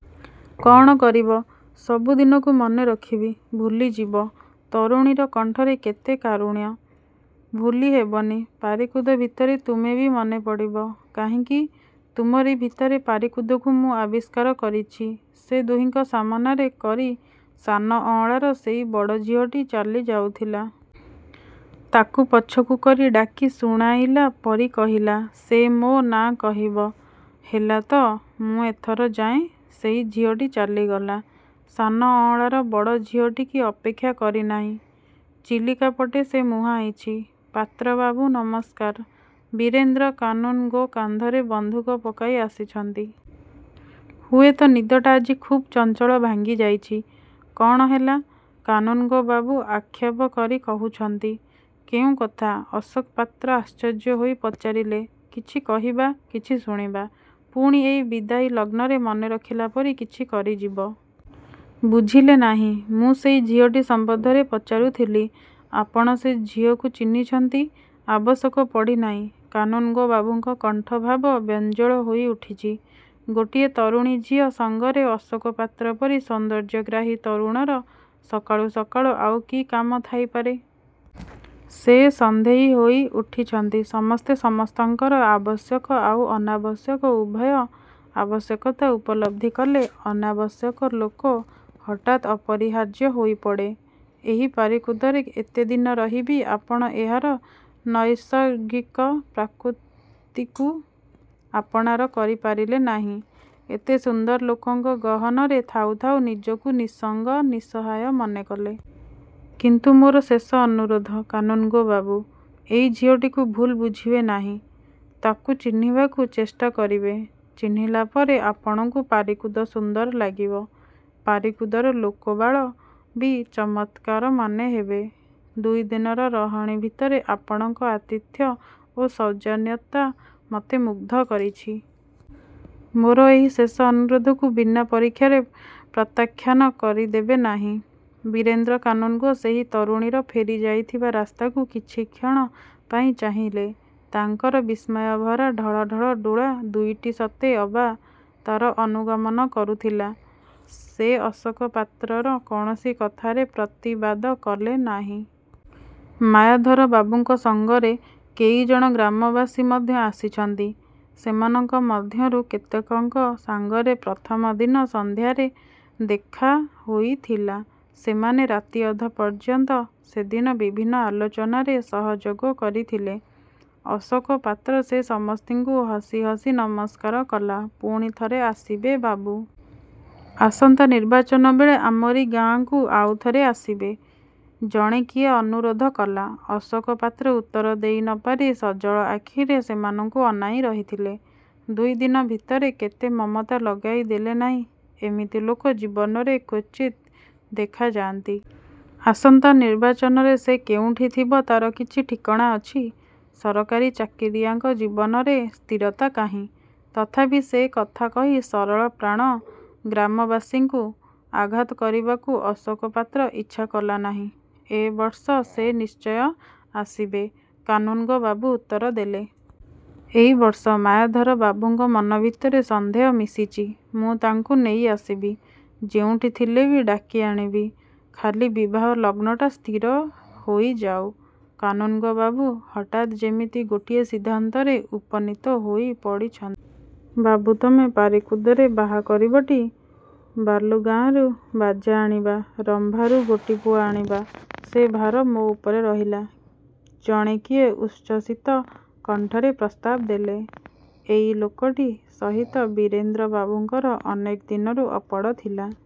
' 'କଣ କରିବ? ' 'ସବୁ ଦିନକୁ ମନେରଖିବି। ' 'ଭୁଲିଯିବ! ତରୁଣୀର କଣ୍ଠରେ କେତେ କାରୁଣ୍ୟ! 'ଭୁଲି ହେବନି'। ପାରିକୁଦ ଭିତରେ ତୁମେବି ମନେପଡ଼ିବ। 'କାହିଁକି? ' 'ତୁମରି ଭିତରେ ପାରିକୁଦକୁ ମୁଁ ଆବିଷ୍କାର କରିଛି। ' ସେ ଦୁହିଙ୍କ ସାମନାରେ କରି ସାନ ଅଁଳାର ସେଇ ବଡ଼ ଝିଅଟି ଚାଲି ଯାଉଥିଲା। ତାକୁ ପଛକୁ କରି ଡାକି, ଶୁଣାଇଲା ପରି କହିଲା, 'ସେ ମୋ ନାଁ କହିବ। ହେଲାତ? ମୁଁ ଏଥର ଯାଏଁ। ' ସେଇ ଝିଅଟି ଚାଲିଗଲା। 'ସାନ ଅଁଳା'ର ବଡ଼ ଝିଅଟିକି ଅପେକ୍ଷା କରିନାହିଁ। ଚିଲିକା ପଟେ ସେ ମୁହାଁଇଛି। 'ପାତ୍ର ବାବୁ ନମସ୍କାର! ' ବୀରେନ୍ଦ୍ର କାନୁନ୍ଗୋ କାନ୍ଧରେ ବନ୍ଧୁକ ପକାଇ ଆସିଛନ୍ତି। ହୁଏତ ନିଦଟା ଆଜି ଖୁବ୍ ଚଞ୍ଚଳ ଭାଙ୍ଗି ଯାଇଛି। 'କଣ ହେଲା? ' କାନୁନ୍ଗୋ ବାବୁ ଆକ୍ଷେପ କରି କହୁଛନ୍ତି। 'କେଉଁ କଥା? ' ଅଶୋକ ପାତ୍ର ଆଶ୍ଚର୍ଯ୍ୟ ହୋଇ ପଚାରିଲେ। 'କିଛି କହିବା, କିଛି ଶୁଣିବା। ପୁଣି ଏଇ ବିଦାୟୀ ଲଗ୍ନରେ ମନେରଖିଲା ପରି କିଛି କରିଯିବ। ବୁଝିଲେ ନାହିଁ? ମୁଁ ସେଇ ଝିଅଟି ସମ୍ବନ୍ଧରେ ପଚାରୁଥିଲି! ' 'ଆପଣ ସେ ଝିଅକୁ ଚିହ୍ନିଛନ୍ତି? ' 'ଆବଶ୍ୟକ ପଡ଼ିନାହିଁ। ' କାନୁନ୍ଗୋ ବାବୁଙ୍କ କଣ୍ଠ ଭାବ ବ୍ୟଞ୍ଜଳ ହୋଇ ଉଠିଛି। ଗୋଟିଏ ତରୁଣୀ ଝିଅ ସଙ୍ଗରେ ଅଶୋକ ପାତ୍ର ପରି ସୌନ୍ଦର୍ଯ୍ୟଗ୍ରାହୀ ତରୁଣର ସକାଳୁ, ସକାଳୁ ଆଉ କି କାମ ଥାଇପାରେ? ସେ ସନ୍ଦେହୀ ହୋଇ ଉଠିଛନ୍ତି। 'ସମସ୍ତେ ସମସ୍ତଙ୍କର ଆବଶ୍ୟକ ଆଉ ଅନାବଶ୍ୟକ ଉଭୟ। ଆବଶ୍ୟକତା ଉପଲବ୍ଧି କଲେ ଅନାବଶ୍ୟକ ଲୋକ ହଠାତ୍ ଅପରିହାର୍ଯ୍ୟ ହୋଇପଡ଼େ। ଏଇ ପାରିକୁଦରେ ଏତେଦିନ ରହି ବି ଆପଣ ଏହାର ନୈସର୍ଗିକ ପ୍ରକୃତିକୁ ଆପଣାର କରିପାରିଲେ ନାହିଁ। ଏତେ ସୁନ୍ଦର ଲୋକଙ୍କ ଗହନରେ ଥାଉଁ ଥାଉଁ, ନିଜକୁ ନିଃସଙ୍ଗ, ନିଃସହାୟ ମନେକଲେ। କିନ୍ତୁ ମୋର ଶେଷ ଅନୁରୋଧ କାନୁନ୍ଗୋ ବାବୁ, ଏଇ ଝିଅଟିକୁ ଭୁଲ ବୁଝିବେ ନାହିଁ। ତାକୁ ଚିହ୍ନିବାକୁ ଚେଷ୍ଟା କରିବେ। ଚିହ୍ନିଲା ପରେ ଆପଣଙ୍କୁ ପାରିକୁଦ ସୁନ୍ଦର ଲାଗିବ। ପାରିକୁଦର ଲୋକବାଳ ବି ଚମତ୍କାର ମନେହେବେ। ଦୁଇଦିନର ରହଣି ଭିତରେ ଆପଣଙ୍କ ଆତିଥ୍ୟ ଓ ସୌଜନ୍ୟତା ମୋତେ ମୁଗ୍ଧ କରିଛି। ମୋର ଏହି ଶେଷ ଅନୁରୋଧକୁ ବିନା ପରୀକ୍ଷାରେ ପ୍ରତ୍ୟାଖାନ କରିଦେବେ ନାହିଁ। ' ବୀରେନ୍ଦ୍ର କାନୁନ୍ଗୋ ସେହି ତରୁଣୀର ଫେରିଯାଇଥିବା ରାସ୍ତାକୁ କିଛିକ୍ଷଣ ପାଇଁ ଚାହିଁଲେ। ତାଙ୍କର ବିସ୍ମୟଭରା ଢଳଢ଼ଳ ଡୋଳା ଦୁଇଟି ସତେ ଅବା ତାର ଅନୁଗମନ କରୁଥିଲା। ସେ ଅଶୋକ ପାତ୍ରର କୌଣସି କଥାରେ ପ୍ରତିବାଦ କଲେ ନାହିଁ। ମାୟାଧର ବାବୁଙ୍କ ସଙ୍ଗରେ କେଇଜଣ ଗ୍ରାମବାସୀ ମଧ୍ୟ ଆସିଛନ୍ତି। ସେମାନଙ୍କ ମଧ୍ୟରୁ କେତେକଙ୍କ ସାଙ୍ଗରେ ପ୍ରଥମ ଦିନ ସନ୍ଧ୍ୟାରେ ଦେଖା ହୋଇଥିଲା। ସେମାନେ ରାତିଅଧ ପର୍ଯ୍ୟନ୍ତ ସେଦିନ ବିଭିନ୍ନ ଆଲୋଚନାରେ ସହଯୋଗ କରିଥିଲେ। ଅଶୋକ ପାତ୍ର ସେ ସମସ୍ତଙ୍କୁ ହସି ହସି ନମସ୍କାର କଲା। 'ପୁଣିଥରେ ଆସିବେ ବାବୁ! ଆସନ୍ତା ନିର୍ବାଚନ ବେଳେ ଆମରି ଗାଁକୁ ଆଉଥରେ ଆସିବେ। ' ଜଣେ କିଏ ଅନୁରୋଧ କଲା। ଅଶୋକ ପାତ୍ର ଉତ୍ତର ଦେଇ ନ ପାରି ସଜଳ ଆଖିରେ ସେମାନଙ୍କୁ ଅନାଇଁ ରହିଥିଲେ-। ଦୁଇଦିନ ଭିତରେ କେତେ ମମତା ଲଗାଇ ଦେଲେ ନାହିଁ! ଏମିତି ଲୋକ ଜୀବନରେ କ୍ୱଚିତ୍ ଦେଖାଯାନ୍ତି। ଆସନ୍ତା ନିର୍ବାଚନରେ ସେ କେଉଁଠି ଥିବ ତାର କିଛି ଠିକଣା ଅଛି? ସରକାରୀ ଚାକିରିଆଙ୍କ ଜୀବନରେ ସ୍ଥିରତା କାହିଁ? ତଥାପି ସେ କଥା କହି ସରଳ ପ୍ରାଣ ଗ୍ରାମବାସୀଙ୍କୁ ଆଘାତ କରିବାକୁ ଅଶୋକ ପାତ୍ର ଇଚ୍ଛା କଲାନାହିଁ। 'ଏ ବର୍ଷ ସେ ନିଶ୍ଚୟ ଆସିବେ। ' କାନୁନ୍ଗୋ ବାବୁ ଉତ୍ତର ଦେଲେ। 'ଏଇ ବର୍ଷ? ' ମାୟାଧର ବାବୁଙ୍କ ମନ ଭିତରେ ସନ୍ଦେହ ମିଶିଛି। 'ମୁଁ ତାଙ୍କୁ ନେଇ ଆସିବି। ଯେଉଁଠି ଥିଲେ ବି ଡାକି ଆଣିବି। ଖାଲି ବିବାହ ଲଗ୍ନଟା ସ୍ଥିର ହୋଇଯାଉ। ' କାନୁନ୍ଗୋ ବାବୁ ହଠାତ୍ ଯେମିତି ଗୋଟିଏ ସିଦ୍ଧାନ୍ତରେ ଉପନୀତ ହୋଇ ପଡ଼ିଛନ୍ତି। 'ବାବୁ ତମେ ପାରିକୁଦରେ ବାହା କରିବଟି? ବାଲୁଗାଁରୁ ବାଜା ଆଣିବା। ରମ୍ଭାରୁ ଗୋଟିପୁଅ ଆଣିବା। ସେ ଭାର ମୋ ଉପରେ ରହିଲା। ' ଜଣେ କିଏ ଉଚ୍ଛ୍ୱସିତ କଣ୍ଠରେ ପ୍ରସ୍ତାବ ଦେଲେ। 'ଏଇ ଲୋକଟି ସହିତ ବୀରେନ୍ଦ୍ର ବାବୁଙ୍କର ଅନେକ ଦିନରୁ ଅପଡ଼ ଥିଲା।